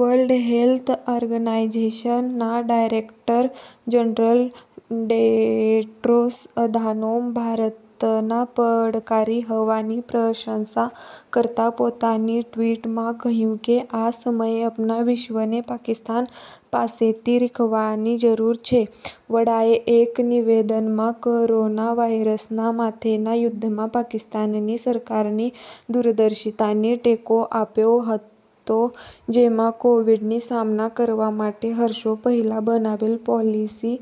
World Health Organization ના director general Tedros Adhanom ભારતના પાડોશી દેશની પ્રશંસા કરતા પોતાને રોકી શક્યા નહીં. વડાએ કહ્યું કે આ સમયે આખા વિશ્વને પાકિસ્તાન પાસેથી શીખવાની જરૂર છે. વડાએ એક નિવેદનમાં, કોરોના વાયરસના સાથેના યુદ્ધમાં પાકિસ્તાનની સરકારની વ્યૂહરચનાને ટેકો આપ્યો હતો, જ્યાં કોવિડ નો સામનો કરવા માટે વર્ષો પહેલા બનાવેલ પોલિયો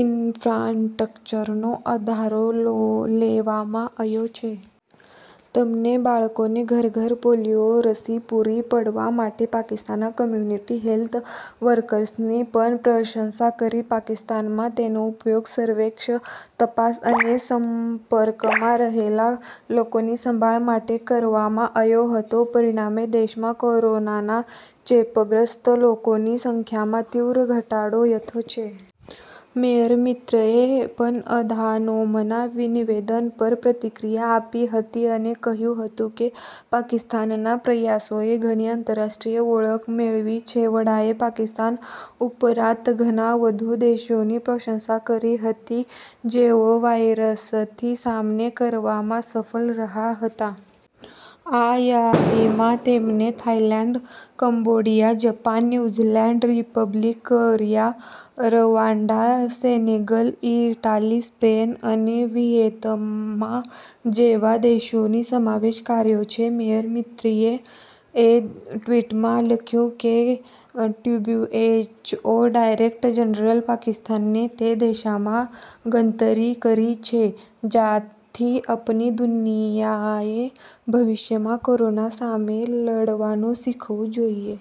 ઇન્ફ્રાસ્ટ્રક્ચરનો આશરો લેવામાં આવ્યો છે. તેમણે બાળકોને ઘરે-ઘરે પોલિયો રસી પૂરી પાડવા માટે પાકિસ્તાનના કમ્યુનિટી હેલ્થ વર્કર્સની પણ પ્રશંસા કરી. પાકિસ્તાનમાં તેનો ઉપયોગ સર્વેલન્સ, તપાસ અને સંપર્કમાં રહેલા લોકોની સંભાળ માટે કરવામાં આવ્યો હતો. પરિણામે, દેશમાં કોરોના ચેપગ્રસ્ત લોકોની સંખ્યામાં તીવ્ર ઘટાડો થયો છે. ઝફર મિર્ઝાએ પણ અધનામના નિવેદન પર પ્રતિક્રિયા આપી હતી અને કહ્યું હતું કે પાકિસ્તાનના પ્રયાસોએ ઘણી આંતરરાષ્ટ્રીય ઓળખ મેળવી છે. વડાએ પાકિસ્તાન ઉપરાંત ઘણા વધુ દેશોની પ્રશંસા કરી હતી, જેણે વાયરસથી સામનો કરવામાં સફળ રહ્યા હતા. આ યાદીમાં તેમણે Thailand, Cambodia, Japan, New Zealand, Republic Korea, Rwanda, Senegal, Italy, Spain અને વિયેતનામ જેવા દેશોનો સમાવેશ કર્યો છે. ઝફર મિર્ઝાએ એક ટ્વિટમાં લખ્યું છે કે, "ડબ્લ્યુએચઓ ડાયરેક્ટર જનરલે પાકિસ્તાનને તે દેશોમાં ગણતરી કરી છે જ્યાંથી આખી દુનિયાએ ભવિષ્યમાં કોરોના સામે લડવાનું શીખવું જોઈએ.